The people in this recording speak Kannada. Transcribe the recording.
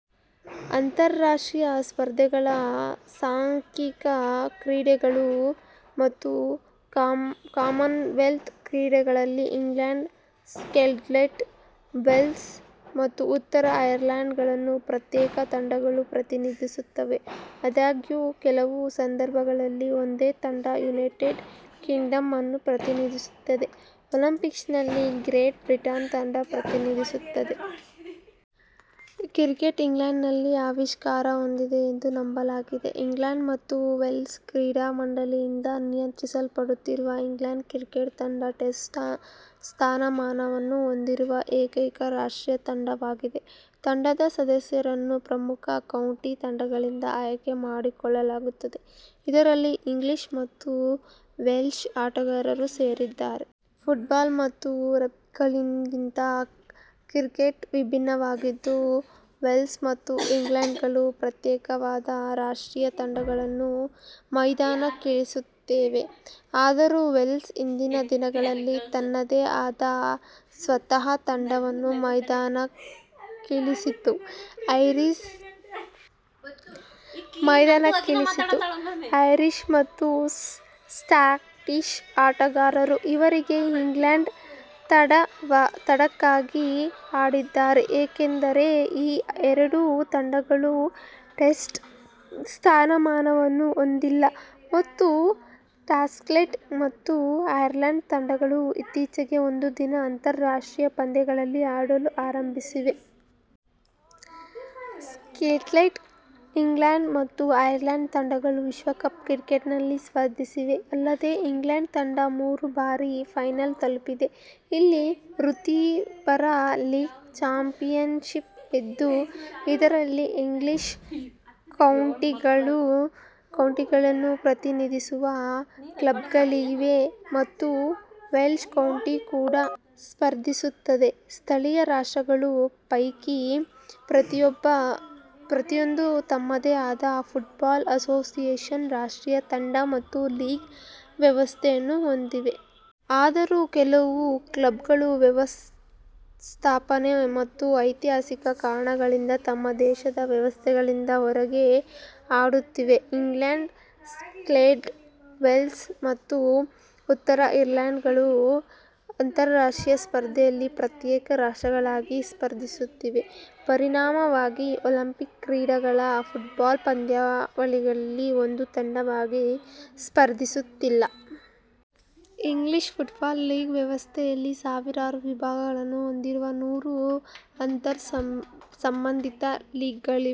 ಅಂತರರಾಷ್ಟ್ರೀಯ ಸ್ಪರ್ಧೆಗಳ ಸಾಂಘಿಕ ಕ್ರೀಡೆಗಳು ಮತ್ತು ಕಾಮನ್ವೆಲ್ತ್ ಕ್ರೀಡೆ ಗಳಲ್ಲಿ ಇಂಗ್ಲೆಂಡ್, ಸ್ಕಾಟ್ಲೆಂಡ್, ವೇಲ್ಸ್ ಮತ್ತು ಉತ್ತರ ಐರ್ಲೆಂಡ್ ಗಳನ್ನು ಪ್ರತ್ಯೇಕ ತಂಡಗಳು ಪ್ರತಿನಿಧಿಸುತ್ತವೆ. ಆದಾಗ್ಯೂ, ಕೆಲವು ಸಂದರ್ಭಗಳಲ್ಲಿ ಒಂದೇ ತಂಡ ಯುನೈಟೆಡ್ ಕಿಂಗ್ಡಂ ಅನ್ನು ಪ್ರತಿನಿಧಿಸುತ್ತದೆ, ಒಲಿಂಪಿಕ್ಸ್ ನಲ್ಲಿ ಗ್ರೇಟ್ ಬ್ರಿಟನ್ ತಂಡ ಪ್ರತಿನಿಧಿಸುತ್ತದೆ. ಕ್ರಿಕೆಟ್ ಇಂಗ್ಲೆಂಡ್ನಲ್ಲಿ ಆವಿಷ್ಕಾರ ಹೊಂದಿದೆ ಎಂದು ನಂಬಲಾಗಿದೆ. ಇಂಗ್ಲೆಂಡ್ ಮತ್ತು ವೇಲ್ಸ್ ಕ್ರಿಕೆಟ್ ಮಂಡಳಿ ಯಿಂದ ನಿಯಂತ್ರಿಸಲ್ಪಡುತ್ತಿರುವ ಇಂಗ್ಲೆಂಡ್ ಕ್ರಿಕೆಟ್ ತಂಡ ಟೆಸ್ಟ್ ಸ್ಥಾನಮಾನ ವನ್ನು ಹೊಂದಿರುವ ಏಕೈಕ ರಾಷ್ಟ್ರೀಯ ತಂಡವಾಗಿದೆ. ತಂಡದ ಸದಸ್ಯರನ್ನು ಪ್ರಮುಖ ಕೌಂಟಿ ತಂಡಗಳಿಂದ ಆಯ್ಕೆ ಮಾಡಿಕೊಳ್ಳಲಾಗುತ್ತದೆ, ಇದರಲ್ಲಿ ಇಂಗ್ಲೀಷ್ ಮತ್ತು ವೆಲ್ಶ್ ಆಟಗಾರರೂ ಸೇರಿದ್ದಾರೆ. ಫುಟ್ಬಾಲ್ ಮತ್ತು ರಗ್ಬಿಗಳಿಗಿಂತ ಕ್ರಿಕೆಟ್ ವಿಭಿನ್ನವಾಗಿದ್ದು, ವೇಲ್ಸ್ ಮತ್ತು ಇಂಗ್ಲೆಂಡ್ಗಳು ಪ್ರತ್ಯೇಕವಾದ ರಾಷ್ಟ್ರೀಯ ತಂಡಗಳನ್ನು ಮೈದಾನಕ್ಕಿಳಿಸುತ್ತಿವೆ. ಆದರೂ ವೇಲ್ಸ್ ಹಿಂದಿನ ದಿನಗಳಲ್ಲಿ ತನ್ನದೇ ಆದ ಸ್ವಂತ ತಂಡವನ್ನು ಮೈದಾನಕ್ಕಿಳಿಸಿತ್ತು. ಐರಿಷ್ ಮತ್ತು ಸ್ಕಾಟಿಷ್ ಆಟಗಾರರು ಈವರೆಗೆ ಇಂಗ್ಲೆಂಡ್ ತಂಡಕ್ಕಾಗಿ ಆಡಿದ್ದಾರೆ. ಏಕೆಂದರೆ ಈ ಎರಡು ತಂಡಗಳು ಟೆಸ್ಟ್ ಸ್ಥಾನಮಾನವನ್ನು ಹೊಂದಿಲ್ಲ ಮತ್ತು ಸ್ಕಾಟ್ಲೆಂಡ್ ಮತ್ತು ಐರ್ಲೆಂಡ್ ತಂಡಗಳು ಇತ್ತೀಚೆಗೆ ಒಂದು ದಿನದ ಅಂತರರಾಷ್ಟ್ರೀಯ ಪಂದ್ಯ ಗಳಲ್ಲಿ ಆಡಲು ಆರಂಭಿಸಿವೆ. ಸ್ಕಾಟ್ಲೆಂಡ್, ಇಂಗ್ಲೆಂಡ್ ಮತ್ತು ಐರ್ಲೆಂಡ್ ತಂಡಗಳು ವಿಶ್ವಕಪ್ ಕ್ರಿಕೆಟ್ ನಲ್ಲಿ ಸ್ಪರ್ಧಿಸಿವೆ, ಅಲ್ಲದೆ ಇಂಗ್ಲೆಂಡ್ ತಂಡ ಮೂರು ಬಾರಿ ಫೈನಲ್ ತಲುಪಿದೆ. ಇಲ್ಲಿ ವೃತ್ತಿಪರ ಲೀಗ್ ಚಾಂಪಿಯನ್ಶಿಪ್ ಇದ್ದು, ಇದರಲ್ಲಿ ಇಂಗ್ಲೀಷ್ ಕೌಂಟಿಗಳನ್ನು ಪ್ರತಿನಿಧಿಸುವ ಕ್ಲಬ್ಗಳಿವೆ ಮತ್ತು ವೆಲ್ಶ್ ಕೌಂಟಿ ಕೂಡ ಸ್ಪರ್ಧಿಸುತ್ತದೆ. ಸ್ಥಳೀಯ ರಾಷ್ಟ್ರಗಳ ಪೈಕಿ ಪ್ರತಿಯೊಂದು ತಮ್ಮದೇ ಆದ ಫುಟ್ಬಾಲ್ ಅಸೋಸಿಯೇಷನ್, ರಾಷ್ಟ್ರೀಯ ತಂಡ ಮತ್ತು ಲೀಗ್ ವ್ಯವಸ್ಥೆ ಯನ್ನು ಹೊಂದಿವೆ. ಆದರೂ ಕೆಲವು ಕ್ಲಬ್ಗಳು ವ್ಯವಸ್ಥಾಪನೆ ಮತ್ತು ಐತಿಹಾಸಿಕ ಕಾರಣಗಳಿಂದಾಗಿ ತಮ್ಮ ದೇಶದ ವ್ಯವಸ್ಥೆಗಳಿಂದ ಹೊರಗಡೆ ಆಡುತ್ತಿವೆ. ಇಂಗ್ಲೆಂಡ್, ಸ್ಕಾಟ್ಲೆಂಡ್, ವೇಲ್ಸ್ ಮತ್ತು ಉತ್ತರ ಐರ್ಲೆಂಡ್ ಗಳು ಅಂತರರಾಷ್ಟ್ರೀಯ ಸ್ಪರ್ಧೆಯಲ್ಲಿ ಪ್ರತ್ಯೇಕ ರಾಷ್ಟ್ರಗಳಾಗಿ ಸ್ಪರ್ಧಿಸುತ್ತಿವೆ, ಪರಿಣಾಮವಾಗಿ ಒಲಿಂಪಿಕ್ ಕ್ರೀಡೆ ಗಳ ಫುಟ್ಬಾಲ್ ಪಂದ್ಯಾವಳಿಗಳಲ್ಲಿ ಒಂದು ತಂಡವಾಗಿ ಸ್ಪರ್ಧಿಸುತ್ತಿಲ್ಲ. ಇಂಗ್ಲೀಷ್ ಫುಟ್ಬಾಲ್ ಲೀಗ್ ವ್ಯವಸ್ಥೆ ಯಲ್ಲಿ, ಸಾವಿರಾರು ವಿಭಾಗಗಳನ್ನು ಹೊಂದಿರುವ ನೂರಾರು ಅಂತರ್-ಸಂಬಂಧಿ ಲೀಗ್ಗಳಿವೆ.